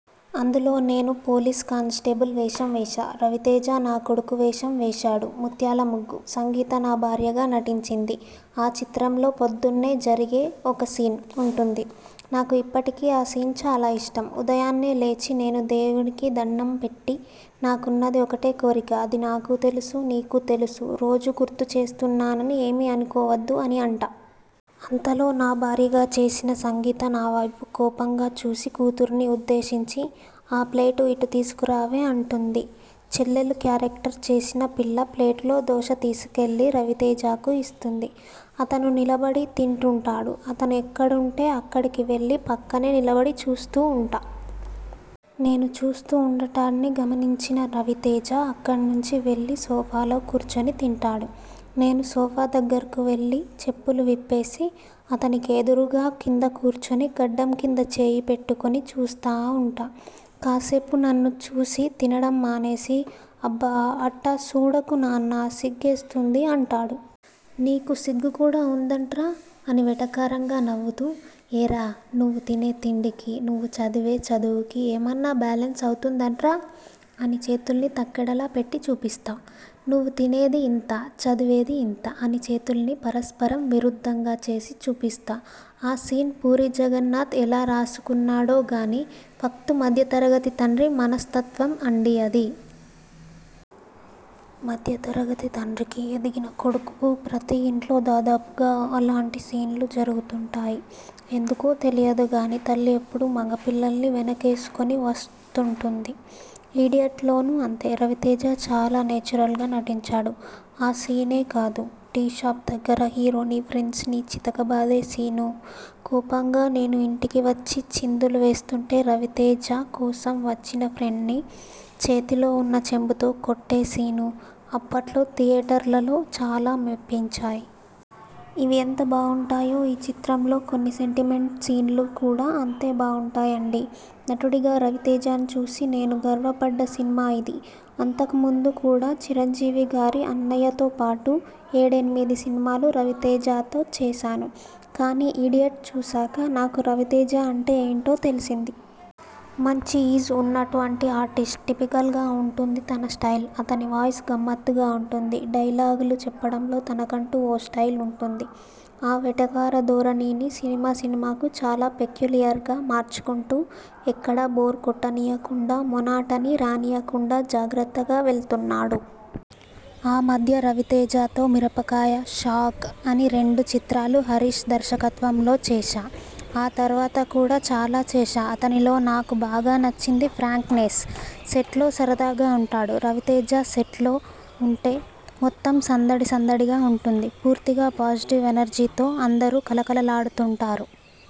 అందులో నేను police constable వేషం వేశా. రవితేజ నా కొడుకు వేషం వేశాడు. 'ముత్యాలముగ్గు' సంగీత నా భార్యగా నటించింది. ఆ చిత్రంలో పొద్దున్నే జరిగే ఒక సీన్ ఉంటుంది. నాకు ఇప్పటికీ ఆ సీన్ చాలా ఇష్టం. ఉదయాన్నే లేచి నేను దేవుడికి దణ్ణం పెట్టి 'నాకున్నది ఒకటే కోరిక అది నాకూ తెలుసు నీకూ తెలుసు రోజూ గుర్తుచేస్తున్నానని ఏమీ అనుకోవద్దు' అని అంటా. అంతలో నా భార్యగా చేసిన సంగీత నావైపు కోపంగా చూసి కూతురిని ఉద్దేశించి 'ఆ ప్లేట్ ఇటు తీసుకురావే' అంటుంది. చెల్లెలు కేరక్టర్ చేసిన పిల్ల ప్లేటులో దోశ తీసుకెళ్ళి రవితేజకు ఇస్తుంది. అతను నిలబడి తింటుంటాడు. అతను ఎక్కడుంటే అక్కడికి వెళ్ళి పక్కనే నిలబడి చూస్తూ ఉంటా. నేను చూస్తూ ఉండటాన్ని గమనించిన రవితేజ అక్కడినుంచి వెళ్ళి సోఫాలో కూర్చుని తింటాడు. నేను సోఫా దగ్గరకువెళ్ళి చెప్పులు విప్పేసి, అతనికి ఎదురుగా కింద కూర్చుని గడ్డం కింద చేయి పెట్టుకుని చూస్తా ఉంటా. కాసేపు నన్ను చూసి తినడం మానేసి 'అబ్బా అట్టా సూడకు నాన్నా సిగ్గేస్తుంది' అంటాడు. 'నీకు సిగ్గు కూడా ఉందంట్రా ' అని వెటకారంగా నవ్వుతూ 'ఏరా నువ్వు తినే తిండికి, నువ్వు చదివే చదువుకీ ఏమన్నా బ్యాలన్స్ అవుతుందంట్రా 'అని చేతుల్ని తక్కెడలా పెట్టి చూపిస్తా. 'నువ్వు తినేది ఇంత చదివేది ఇంత' అని చేతుల్ని పరస్పరం విరుద్ధంగా చేసి చూపిస్తా ఆ సీన్ పూరి జగన్నాథ్ ఎలా రాసుకున్నాడోగానీ, ఫక్తు మధ్యతరగతి తండ్రి మనస్తత్వం అండీ అదీ. మధ్యతరగతి తండ్రికి, ఎదిగిన కొడుకుకు ప్రతి ఇంట్లో దాదాపుగా అలాంటి సీన్లు జరుగుతుంటాయి. ఎందుకో తెలియదుగానీ తల్లి ఎప్పుడూ మగపిల్లల్ని వెనకేసుకుని వస్తుంటుంది. 'ఇడియట్' లోనూ అంతే. రవితేజ చాలా నేచురల్గా నటించాడు. ఆ సీనే కాదు, టీ షాప్ దగ్గర హీరోని, ఫ్రెండ్స్ ని చితకబాదే సీను, కోపంగా నేను ఇంటికి వచ్చి చిందులు వేస్తుంటే రవితేజ కోసం వచ్చిన ఫ్రెండ్ని చేతిలో ఉన్న చెంబుతో కొట్టే సీను అప్పట్లో థియేటర్లలో చాలా మెప్పించాయి. ఇవి ఎంత బావుంటాయో ఈ చిత్రంలో కొన్ని సెంటిమెంట్ సీన్లు కూడా అంతే బావుంటాయండీ. నటుడిగా రవితేజను చూసి నేను గర్వపడ్డ సినిమా ఇది. అంతకు ముందు కూడా చిరంజీవిగారి 'అన్నయ్య' తో పాటు ఏడెనిమిది సినిమాలు రవితేజతో చేశాను కానీ 'ఇడియట్' చూశాక నాకు రవితేజ అంటే ఏంటో తెలిసింది. మంచి ఈజ్ ఉన్నటువంటి ఆర్టిస్ట్. టిపికల్గా ఉంటుంది తన స్టైల్. అతని వాయిస్ గమ్మత్తుగా ఉంటుంది. డైలాగులు చెప్పడంలో తనకంటూ ఓ స్టైల్ ఉంటుంది. ఆ వెటకార ధోరణిని సినిమా సినిమాకూ చాలా పెక్యూలియర్గా మార్చుకుంటూ ఎక్కడా బోర్ కొట్టనీయకుండా, మొనాటనీ రానీయకుండా జాగ్రత్తగా వెళ్తున్నాడు. ఆ మధ్య రవితేజతో 'మిరపకాయ', 'షాక్' అని రెండు చిత్రాలు హరీశ్ దర్శకత్వంలో చేశా. ఆ తర్వాత కూడా చాలా చేశా. అతనిలో నాకు బాగా నచ్చింది ఫ్రాంక్నెస్. సెట్లో సరదాగా ఉంటాడు. రవితేజ సెట్లో ఉంటే మొత్తం సందడి సందడిగా ఉంటుంది. పూర్తిగా పాజిటివ్ ఎనర్జీ తో అందరూ కళకళలాడుతుంటారు.